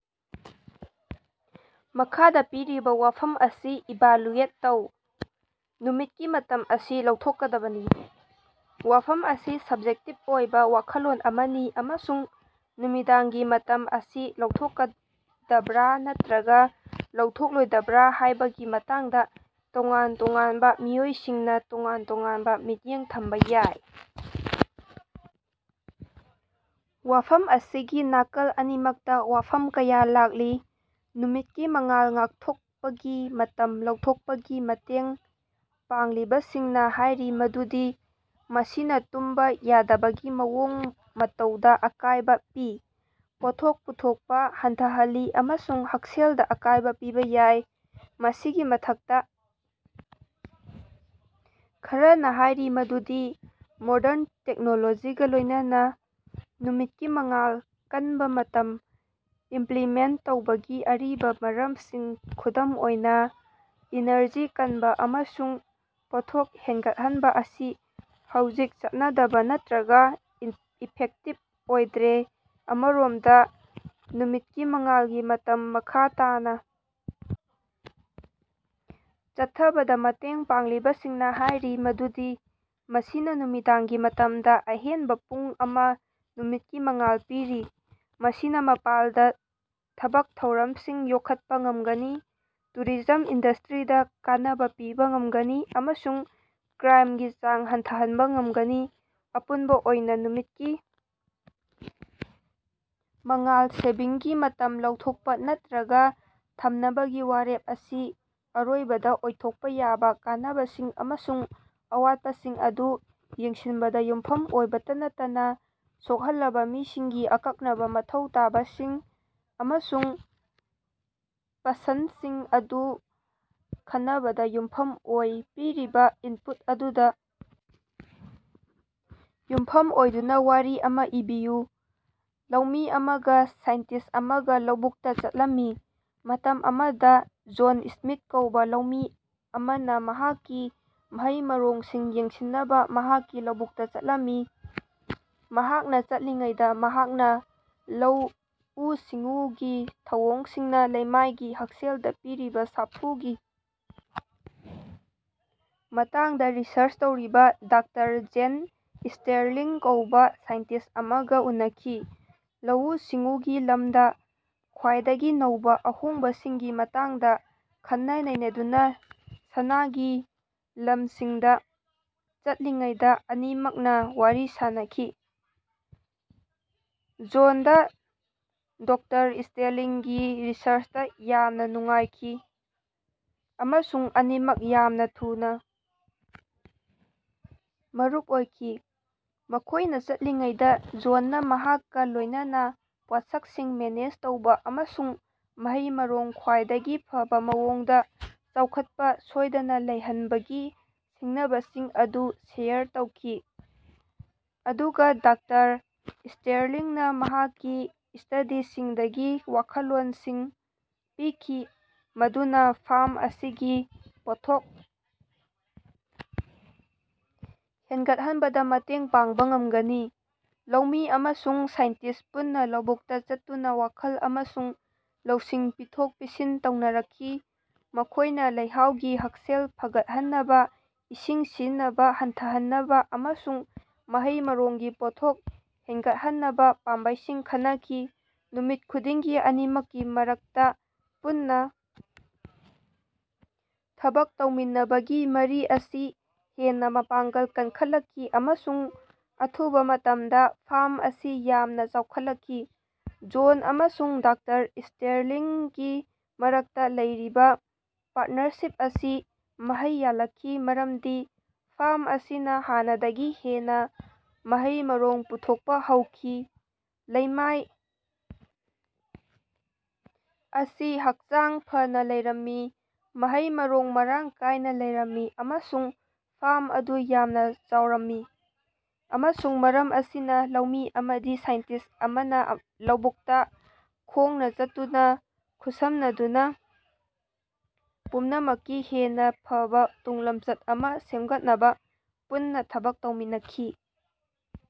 ꯃꯈꯥꯗꯥ ꯄꯤꯔꯤꯕꯥ ꯋꯥꯐꯝ ꯑꯁꯤ ꯏꯚꯥꯜꯌꯨꯑꯦꯠ ꯇꯧ: "ꯅꯨꯃꯤꯠꯀꯤ ꯃꯇꯝ ꯑꯁꯤ ꯂꯧꯊꯣꯛꯀꯗꯕꯅꯤ꯫" ꯋꯥꯐꯝ ꯑꯁꯤ ꯁꯕꯖꯦꯛꯇꯤꯕ ꯑꯣꯏꯕꯥ ꯋꯥꯈꯜꯂꯣꯟ ꯑꯃꯅꯤ ꯑꯃꯁꯨꯡ ꯅꯨꯃꯤꯗꯥꯡꯒꯤ ꯃꯇꯝ ꯑꯁꯤ ꯂꯧꯊꯣꯛꯀꯗꯕ꯭ꯔꯥ ꯅꯠꯇ꯭ꯔꯒꯥ ꯂꯧꯊꯣꯛꯂꯣꯏꯗꯕ꯭ꯔꯥ ꯍꯥꯏꯕꯒꯤ ꯃꯇꯥꯡꯗꯥ ꯇꯣꯉꯥꯟ ꯇꯣꯉꯥꯟꯕꯥ ꯃꯤꯑꯣꯏꯁꯤꯡꯅꯥ ꯇꯣꯉꯥꯟ ꯇꯣꯉꯥꯟꯕꯥ ꯃꯤꯠꯌꯦꯡ ꯊꯝꯕꯥ ꯌꯥꯏ꯫ ꯋꯥꯐꯝ ꯑꯁꯤꯒꯤ ꯅꯥꯀꯜ ꯑꯅꯤꯃꯛꯇꯥ ꯋꯥꯐꯝ ꯀꯌꯥ ꯂꯥꯛꯂꯤ꯫ ꯅꯨꯃꯤꯠꯀꯤ ꯃꯉꯥꯜ ꯉꯥꯛꯊꯣꯛꯄꯒꯤ ꯃꯇꯝ ꯂꯧꯊꯣꯛꯄꯒꯤ ꯃꯇꯦꯡ ꯄꯥꯡꯂꯤꯕꯁꯤꯡꯅꯥ ꯍꯥꯏꯔꯤ ꯃꯗꯨꯗꯤ ꯃꯁꯤꯅꯥ ꯇꯨꯝꯕꯥ ꯌꯥꯗꯕꯒꯤ ꯃꯑꯣꯡ ꯃꯇꯧꯗꯥ ꯑꯀꯥꯏꯕꯥ ꯄꯤ, ꯄꯣꯠꯊꯣꯛ ꯄꯨꯊꯣꯛꯄꯥ ꯍꯟꯊꯍꯜꯂꯤ ꯑꯃꯁꯨꯡ ꯍꯛꯁꯦꯜꯗꯥ ꯑꯀꯥꯏꯕ ꯄꯤꯕꯥ ꯌꯥꯏ꯫ ꯃꯁꯤꯒꯤ ꯃꯊꯛꯇꯥ, ꯈꯔꯅꯥ ꯍꯥꯏꯔꯤ ꯃꯗꯨꯗꯤ ꯃꯣꯗꯔꯟ ꯇꯦꯛꯅꯣꯂꯣꯖꯤꯒꯥ ꯂꯣꯏꯅꯅꯥ, ꯅꯨꯃꯤꯠꯀꯤ ꯃꯉꯥꯜ ꯀꯟꯕꯥ ꯃꯇꯝ ꯏꯝꯄꯂꯤꯃꯦꯟꯇ ꯇꯧꯕꯒꯤ ꯑꯔꯤꯕꯥ ꯃꯔꯝꯁꯤꯡ, ꯈꯨꯗꯝ ꯑꯣꯏꯅꯥ ꯏꯅꯔꯖꯤ ꯀꯟꯕꯥ ꯑꯃꯁꯨꯡ ꯄꯣꯠꯊꯣꯛ ꯍꯦꯟꯒꯠꯍꯟꯕ ꯑꯁꯤ ꯍꯧꯖꯤꯛ ꯆꯠꯅꯗꯕꯥ ꯅꯠꯇ꯭ꯔꯒꯥ ꯏꯐꯦꯛꯇꯤꯕ ꯑꯣꯏꯗ꯭ꯔꯦ꯫ ꯑꯃꯔꯣꯝꯗꯥ, ꯅꯨꯃꯤꯠꯀꯤ ꯃꯉꯥꯜꯒꯤ ꯃꯇꯝ ꯃꯈꯥ ꯇꯥꯅꯥ ꯆꯠꯊꯕꯗꯥ ꯃꯇꯦꯡ ꯄꯥꯡꯂꯤꯕꯁꯤꯡꯅꯥ ꯍꯥꯏꯔꯤ ꯃꯗꯨꯗꯤ ꯃꯁꯤꯅꯥ ꯅꯨꯃꯤꯗꯥꯡꯒꯤ ꯃꯇꯝꯗꯥ ꯑꯍꯦꯟꯕꯥ ꯄꯨꯡ ꯑꯃꯥ ꯅꯨꯃꯤꯠꯀꯤ ꯃꯉꯥꯜ ꯄꯤꯔꯤ, ꯃꯁꯤꯅꯥ ꯃꯄꯥꯟꯗꯥ ꯊꯕꯛ ꯊꯧꯔꯝꯁꯤꯡ ꯌꯣꯛꯈꯠꯄꯥ ꯉꯝꯒꯅꯤ, ꯇꯨꯔꯤꯖꯝ ꯏꯟꯗꯁꯇ꯭ꯔꯤꯗꯥ ꯀꯥꯟꯅꯕꯥ ꯄꯤꯕꯥ ꯉꯝꯒꯅꯤ, ꯑꯃꯁꯨꯡ ꯀ꯭ꯔꯥꯏꯃꯒꯤ ꯆꯥꯡ ꯍꯟꯊꯍꯟꯕꯥ ꯉꯝꯒꯅꯤ꯫ ꯑꯄꯨꯟꯕꯥ ꯑꯣꯏꯅꯥ, ꯅꯨꯃꯤꯠꯀꯤ ꯃꯉꯥꯜ ꯁꯦꯚꯤꯡꯒꯤ ꯃꯇꯝ ꯂꯧꯊꯣꯛꯄꯥ ꯅꯠꯇ꯭ꯔꯒꯥ ꯊꯝꯅꯕꯒꯤ ꯋꯥꯔꯦꯞ ꯑꯁꯤ ꯑꯔꯣꯏꯕꯗꯥ ꯑꯣꯏꯊꯣꯛꯄꯥ ꯌꯥꯕꯥ ꯀꯥꯟꯅꯕꯁꯤꯡ ꯑꯃꯁꯨꯡ ꯑꯋꯥꯠꯄꯁꯤꯡ ꯑꯗꯨ ꯌꯦꯡꯁꯤꯟꯕꯗꯥ ꯌꯨꯝꯐꯝ ꯑꯣꯏꯕꯇꯥ ꯅꯠꯇꯅꯥ ꯁꯣꯛꯍꯜꯂꯕꯥ ꯃꯤꯁꯤꯡꯒꯤ ꯑꯀꯛꯅꯕꯥ ꯃꯊꯧ ꯇꯥꯕꯁꯤꯡ ꯑꯃꯁꯨꯡ ꯄꯁꯟꯗꯁꯤꯡ ꯑꯗꯨ ꯈꯟꯅꯕꯗꯥ ꯌꯨꯝꯐꯝ ꯑꯣꯏ꯫ ꯄꯤꯔꯤꯕꯥ ꯏꯟꯄꯨꯠ ꯑꯗꯨꯗꯥ ꯌꯨꯝꯐꯝ ꯑꯣꯏꯗꯨꯅꯥ ꯋꯥꯔꯤ ꯑꯃꯥ ꯏꯕꯤꯌꯨ꯫ ꯂꯧꯃꯤ ꯑꯃꯒ ꯁꯥꯏꯟꯇꯤꯁ ꯑꯃꯒ ꯂꯧꯕꯨꯛꯇꯥ ꯆꯠꯂꯝꯃꯤ꯫ ꯃꯇꯝ ꯑꯃꯗꯥ ꯖꯣꯟ ꯁ꯭ꯃꯤꯊ ꯀꯧꯕꯥ ꯂꯧꯃꯤ ꯑꯃꯅꯥ ꯃꯍꯥꯛꯀꯤ ꯃꯍꯩ-ꯃꯔꯣꯡꯁꯤꯡ ꯌꯦꯡꯁꯤꯟꯅꯕꯥ ꯃꯍꯥꯛꯀꯤ ꯂꯧꯕꯨꯛꯇꯥ ꯆꯠꯂꯝꯃꯤ꯫ ꯃꯍꯥꯛꯅꯥ ꯆꯠꯂꯤꯉꯩꯗꯥ ꯃꯍꯥꯛꯅꯥ ꯂꯧꯎ-ꯁꯤꯡꯎꯒꯤ ꯊꯧꯑꯣꯡꯁꯤꯡꯅꯥ ꯂꯩꯃꯥꯏꯒꯤ ꯍꯛꯁꯦꯜꯗꯥ ꯄꯤꯔꯤꯕꯥ ꯁꯥꯐꯨꯒꯤ ꯃꯇꯥꯡꯗꯥ ꯔꯤꯁꯔꯆ ꯇꯧꯔꯤꯕꯥ ꯗꯥꯛꯇꯔ ꯖꯦꯟ ꯁ꯭ꯇꯦꯔꯂꯤꯡ ꯀꯧꯕꯥ ꯁꯥꯏꯟꯇꯤꯁ ꯑꯃꯒꯥ ꯎꯅꯈꯤ꯫ ꯂꯧꯎ-ꯁꯤꯡꯎꯒꯤ ꯂꯝꯗꯥ ꯈ꯭ꯋꯥꯏꯗꯒꯤ ꯅꯧꯕꯥ ꯑꯍꯣꯡꯕꯁꯤꯡꯒꯤ ꯃꯇꯥꯡꯗꯥ ꯈꯟꯅ-ꯅꯩꯅꯗꯨꯅꯥ ꯁꯅꯥꯒꯤ ꯂꯝꯁꯤꯡꯗꯥ ꯆꯠꯂꯤꯉꯩꯗꯥ ꯑꯅꯤꯃꯛꯅꯥ ꯋꯥꯔꯤ ꯁꯥꯅꯈꯤ꯫ ꯖꯣꯟꯗꯥ ꯗꯣꯛꯇꯔ ꯁ꯭ꯇꯦꯔꯂꯤꯡꯒꯤ ꯔꯤꯁꯔꯆꯇꯥ ꯌꯥꯝꯅꯥ ꯅꯨꯡꯉꯥꯏꯈꯤ, ꯑꯃꯁꯨꯡ ꯑꯅꯤꯃꯛ ꯌꯥꯝꯅꯥ ꯊꯨꯅꯥ ꯃꯔꯨꯞ ꯑꯣꯏꯈꯤ꯫ ꯃꯈꯣꯏꯅꯥ ꯆꯠꯂꯤꯉꯩꯗꯥ, ꯖꯣꯟꯅꯥ ꯃꯍꯥꯛꯀꯥ ꯂꯣꯏꯅꯅꯥ ꯄꯣꯠꯁꯛꯁꯤꯡ ꯃꯦꯅꯦꯖ ꯇꯧꯕꯥ ꯑꯃꯁꯨꯡ ꯃꯍꯩ-ꯃꯔꯣꯡ ꯈ꯭ꯋꯥꯏꯗꯒꯤ ꯐꯕꯥ ꯃꯑꯣꯡꯗꯥ ꯆꯥꯎꯈꯠꯄꯥ ꯁꯣꯏꯗꯅꯥ ꯂꯩꯍꯟꯕꯒꯤ ꯁꯤꯡꯅꯕꯁꯤꯡ ꯑꯗꯨ ꯁꯦꯌꯔ ꯇꯧꯈꯤ, ꯑꯗꯨꯒꯥ ꯗꯥꯛꯇꯔ ꯁ꯭ꯇꯦꯔꯂꯤꯡꯅꯥ ꯃꯍꯥꯛꯀꯤ ꯁ꯭ꯇꯗꯤꯁꯤꯡꯗꯒꯤ ꯋꯥꯈꯜꯂꯣꯟꯁꯤꯡ ꯄꯤꯈꯤ ꯃꯗꯨꯅꯥ ꯐꯥꯔꯝ ꯑꯁꯤꯒꯤ ꯄꯣꯠꯊꯣꯛ ꯍꯦꯟꯒꯠꯍꯟꯕꯗꯥ ꯃꯇꯦꯡ ꯄꯥꯡꯕꯥ ꯉꯝꯒꯅꯤ꯫ ꯂꯧꯃꯤ ꯑꯃꯁꯨꯡ ꯁꯥꯏꯟꯇꯤꯁ ꯄꯨꯟꯅꯥ ꯂꯧꯕꯨꯛꯇꯥ ꯆꯠꯇꯨꯅꯥ ꯋꯥꯈꯜ ꯑꯃꯁꯨꯡ ꯂꯧꯁꯤꯡ ꯄꯤꯊꯣꯛ-ꯄꯤꯁꯤꯟ ꯇꯧꯅꯔꯛꯈꯤ꯫ ꯃꯈꯣꯌꯅꯥ ꯂꯩꯍꯥꯎꯒꯤ ꯍꯛꯁꯦꯜ ꯐꯒꯠꯍꯟꯅꯕꯥ, ꯏꯁꯤꯡ ꯁꯤꯖꯤꯟꯅꯕꯥ ꯍꯟꯊꯍꯟꯅꯕꯥ ꯑꯃꯁꯨꯡ ꯃꯍꯩ-ꯃꯔꯣꯡꯒꯤ ꯄꯣꯠꯊꯣꯛ ꯍꯦꯅꯒꯠꯍꯟꯅꯕꯥ ꯄꯥꯝꯕꯩꯁꯤꯡ ꯈꯟꯅꯈꯤ꯫ ꯅꯨꯃꯤꯠ ꯈꯨꯗꯤꯡꯒꯤ ꯑꯅꯤꯃꯛꯀꯤ ꯃꯔꯛꯇꯥ ꯄꯨꯟꯅꯥ ꯊꯕꯛ ꯇꯧꯃꯤꯟꯅꯕꯒꯤ ꯃꯔꯤ ꯑꯁꯤ ꯍꯦꯟꯅꯥ ꯃꯄꯥꯡꯒꯜ ꯀꯟꯈꯠꯂꯛꯈꯤ ꯑꯃꯁꯨꯡ ꯑꯊꯨꯕꯥ ꯃꯇꯝꯗꯥ ꯐꯥꯔꯝ ꯑꯁꯤ ꯌꯥꯝꯅꯥ ꯆꯥꯎꯈꯠꯂꯛꯈꯤ꯫ ꯖꯣꯟ ꯑꯃꯁꯨꯡ ꯗꯥꯛꯇꯔ ꯁ꯭ꯇꯦꯔꯂꯤꯡꯒꯤ ꯃꯔꯛꯇꯥ ꯂꯩꯔꯤꯕꯥ ꯄꯥꯔꯠꯅꯔꯁꯤꯞ ꯑꯁꯤ ꯃꯍꯩ ꯌꯥꯜꯂꯛꯈꯤ, ꯃꯔꯝꯗꯤ ꯐꯥꯔꯝ ꯑꯁꯤꯅꯥ ꯍꯥꯟꯅꯗꯒꯤ ꯍꯦꯟꯅꯥ ꯃꯍꯩ-ꯃꯔꯣꯡ ꯄꯨꯊꯣꯛꯄꯥ ꯍꯧꯈꯤ꯫ ꯂꯩꯃꯥꯏ ꯑꯁꯤ ꯍꯛꯆꯥꯡ ꯐꯅꯥ ꯂꯩꯔꯝꯃꯤ, ꯃꯍꯩ-ꯃꯔꯣꯡ ꯃꯔꯥꯡ ꯀꯥꯏꯅꯥ ꯂꯩꯔꯝꯃꯤ ꯑꯃꯁꯨꯡ ꯐꯥꯔꯝ ꯑꯗꯨ ꯌꯥꯝꯅꯥ ꯆꯥꯎꯔꯝꯃꯤ꯫ ꯑꯃꯁꯨꯡ ꯃꯔꯝ ꯑꯁꯤꯅꯥ, ꯂꯧꯃꯤ ꯑꯃꯗꯤ ꯁꯥꯏꯟꯇꯤꯁ ꯑꯃꯅꯥ ꯂꯧꯕꯨꯛꯇꯥ ꯈꯣꯡꯅꯥ ꯆꯠꯇꯨꯅꯥ, ꯈꯨꯠꯁꯝꯅꯗꯨꯅꯥ, ꯄꯨꯝꯅꯃꯛꯀꯤ ꯍꯦꯟꯅꯥ ꯐꯕꯥ ꯇꯨꯡꯂꯝꯆꯠ ꯑꯃꯥ ꯁꯦꯝꯒꯠꯅꯕꯥ ꯄꯨꯟꯅꯥ ꯊꯕꯛ ꯇꯧꯃꯤꯟꯅꯈꯤ꯫